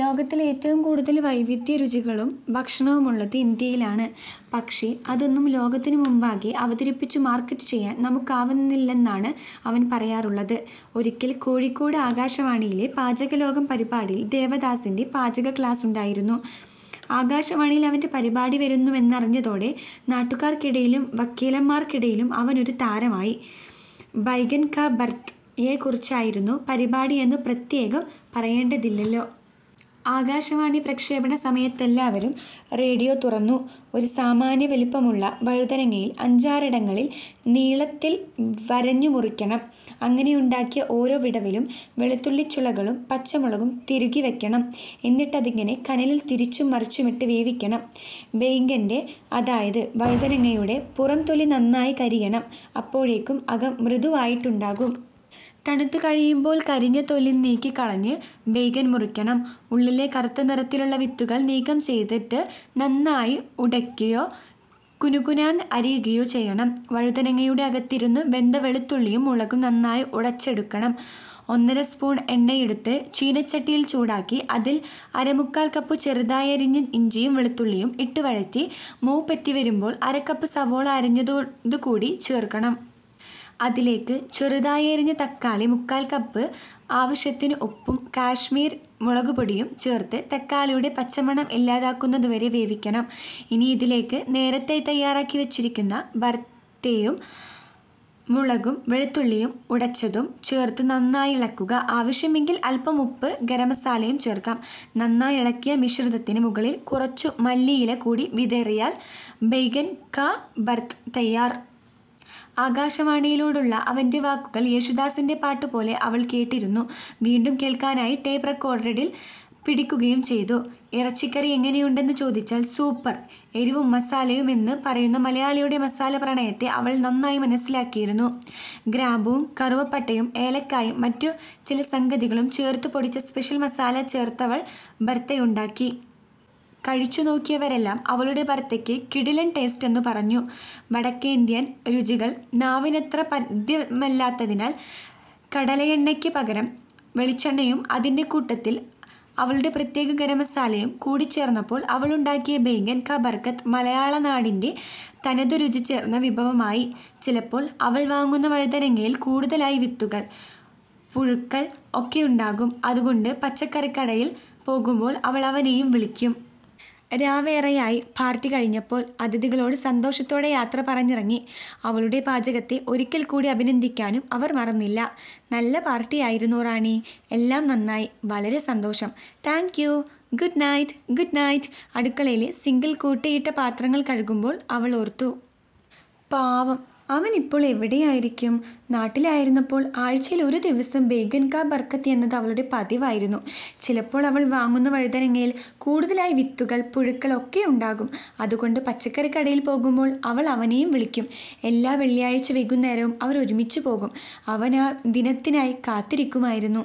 ലോകത്തില് ഏറ്റവുംകൂടുതല് വൈവിധ്യരുചികളും ഭക്ഷണവുമുള്ളത് ഇന്ത്യയിലാണ് പക്ഷെ അതൊന്നും ലോകത്തിനു മുമ്പാകെ അവതരിപ്പിച്ചു മാര്ക്കറ്റുചെയ്യാന് നമുക്കാവുന്നില്ലെന്നാണ് അവന് പറയാറുള്ളത്. ഒരിക്കല് കോഴിക്കോട് ആകാശവാണിയിലെ 'പാചകലോകം' പരിപാടിയില് ദേവദാസിന്റെ പാചക ക്ലാസ്സുണ്ടായിരുന്നു. ആകാശവാണിയില് അവന്റെ പരിപാടി വരുന്നുവെന്നറിഞ്ഞതോടെ നാട്ടുകാര്ക്കിടയിലും വക്കീലമ്മാര്ക്കിടയിലും അവനൊരു താരമായി. 'ബൈഗന് കാ ബര്ത്ത'യെക്കുറിച്ചായിരുന്നു പരിപാടിയെന്നു പ്രത്യേകം പറയേണ്ടതില്ലല്ലോ? ആകാശവാണി പ്രക്ഷേപണ സമയത്തെല്ലാവരും റേഡിയോ തുറന്നു. ''..... ഒരു സാമാന്യ വലിപ്പമുള്ള വഴുതനങ്ങയില് അഞ്ചാറിടങ്ങളില് നീളത്തില് വരഞ്ഞു മുറിക്കണം. അങ്ങനെയുണ്ടാക്കിയ ഓരോ വിടവിലും വെളുത്തുള്ളിച്ചുളകളും പച്ചമുളകും തിരുകിവയ്ക്കണം. എന്നിട്ടതിനെ കനലില് തിരിച്ചുംമറിച്ചുമിട്ടു വേവിക്കണം. ബൈഗന്റെ, അതായത് വഴുതനങ്ങയുടെ പുറംതൊലി നന്നായി കരിയണം. അപ്പോഴേക്കും അകം മൃദുവായിട്ടുണ്ടാകും. തണുത്തുകഴിയുമ്പോള് കരിഞ്ഞ തൊലിനീക്കികളഞ്ഞു ബൈഗന് മുറിക്കണം. ഉള്ളിലെ കറുത്തനിറത്തിലുള്ള വിത്തുകള് നീക്കംചെയ്തിട്ട് നന്നായി ഉടയ്ക്കയോ കുനുകുനാന്നു അരിയുകയോ ചെയ്യണം. വഴുതനങ്ങയുടെ അകത്തിരുന്നു വെന്ത വെളുത്തുള്ളിയും മുളകും നന്നായി ഉടച്ചെടുക്കണം. ഒന്നര സ്പൂണ് എണ്ണയെടുത്തു ചീനച്ചട്ടിയില് ചൂടാക്കി, അതില് അരമുക്കാല് കപ്പു ചെറുതായരിഞ്ഞ ഇഞ്ചിയും വെളുത്തുള്ളിയും ഇട്ടുവഴറ്റി മൂപ്പെത്തിവരുമ്പോള് അരക്കപ്പു സവോള അരിഞ്ഞതുകൂടി ചേര്ക്കണം. അതിലേക്ക് ചെറുതായി അരിഞ്ഞ തക്കാളി മുക്കാല്കപ്പ്, ആവശ്യത്തിനു ഉപ്പും കശ്മീരി മുളകുപൊടിയും ചേര്ത്തു തക്കാളിയുടെ പച്ചമണം ഇല്ലാതാകുന്നതുവരെ വേവിക്കണം. ഇനി ഇതിലേക്ക് നേരത്തെ തയ്യാറാക്കി വച്ചിരിക്കുന്ന ബര്ത്തയും മുളകും വെളുത്തുള്ളിയും ഉടച്ചതും ചേര്ത്തു നന്നായിളക്കുക. ആവശ്യമെങ്കില് അല്പം ഉപ്പും ഗരംമസാലയും ചേര്ക്കാം. നന്നായിളക്കിയ മിശ്രിതത്തിന് മുകളില് കുറച്ചു മല്ലിയില കൂടി വിതറിയാല് ബൈഗന് കാ ബര്ത്ത് തയ്യാര്. '' ആകാശവാണിയിലൂടുള്ള അവന്റെ വാക്കുകള് യേശുദാസിന്റെ പാട്ടുപോലെ അവള് കേട്ടിരിന്നു. വീണ്ടും കേള്ക്കാനായി ടേപ്പ് റിക്കോര്ഡില് പിടിക്കുകയും ചെയ്തു. ഇറച്ചിക്കറി എങ്ങനെയുണ്ടെന്നു ചോദിച്ചാല് 'സൂപ്പര് എരിവും മസാലയു'മെന്നു പറയുന്ന മലയാളിയുടെ മസാല പ്രണയത്തെ അവള് നന്നായി മനസ്സിലാക്കിയിരുന്നു. ഗ്രാമ്പുവും കറുവപ്പട്ടയും ഏലക്കായും മറ്റുചിലസംഗതികളും ചേര്ത്തുപൊടിച്ച 'സ്പെഷ്യല് മസാല' ചേര്ത്തവള് ബര്ത്തയുണ്ടാക്കി. കഴിച്ചുനോക്കിയവരെല്ലാം അവളുടെ ബര്ത്തക്കു 'കിടിലന് ടേസ്റ്റെന്നു' പറഞ്ഞു. വടക്കേയിന്ത്യന് രുചികള് നാവിനത്ര പഥ്യമല്ലാത്തതിനാല് കടലയെണ്ണയ്ക്ക് പകരം വെളിച്ചെണ്ണയും അതിന്റെ കൂട്ടത്തില് അവളുടെ പ്രത്യേക ഗരംമസാലയും കൂടിച്ചേര്ന്നപ്പോള് അവളുണ്ടാക്കിയ ബൈഗന് കാ ബര്ത്ത മലയാളനാടിന്റെ തനതു രുചിചേര്ന്ന വിഭവമായി. ചിലപ്പോള് അവള് വാങ്ങുന്ന വഴുതനങ്ങയില് കൂടുതലായി വിത്തുകള്, പുഴുക്കള് ഒക്കെയുണ്ടാകും അതുകൊണ്ട് പച്ചക്കറികടയില് പോകുമ്പോള് അവള് അവനെയും വിളിക്കും. രാവേറെയായി പാര്ട്ടി കഴിഞ്ഞപ്പോള്. അതിഥികളോട് സന്തോഷത്തോടെ യാത്ര പറഞ്ഞിറങ്ങി. അവളുടെ പാചകത്തെ ഒരിക്കല് കൂടി അഭിനന്ദിക്കാനും അവര് മറന്നില്ല 'നല്ല പാര്ട്ടിയായിരുന്നു, റാണി. എല്ലാം നന്നായി, വളരെ സന്തോഷം'' 'thank you'' 'good night'' ''good night'' അടുക്കളയിലെ സിങ്കില് കൂട്ടിയിട്ട പാത്രങ്ങള് കഴുകുമ്പോള് അവള് ഓര്ത്തു. 'പാവം. അവനിപ്പോള് എവിടെയായിരിക്കും? ' നാട്ടിലായിരുന്നപ്പോള് ആഴ്ചയിലൊരു ദിവസം 'ബൈഗന് കാ ബര്ത്താ'യെന്നത് അവളുടെ പതിവായിരുന്നു. ചിലപ്പോള് അവള് വാങ്ങുന്ന വഴുതനങ്ങയില് കൂടുതലായി വിത്തുകള്, പുഴുക്കള് ഒക്കെയുണ്ടാകും അതുകൊണ്ട് പച്ചക്കറികടയില് പോകുമ്പോള് അവള് അവനെയും വിളിക്കും. എല്ലാ വെള്ളിയാഴ്ച വൈകുന്നേരവും അവര് ഒരുമിച്ചുപോകും. അവന് ആ ദിനത്തിനായി കാത്തിരിക്കുമായിരുന്നു.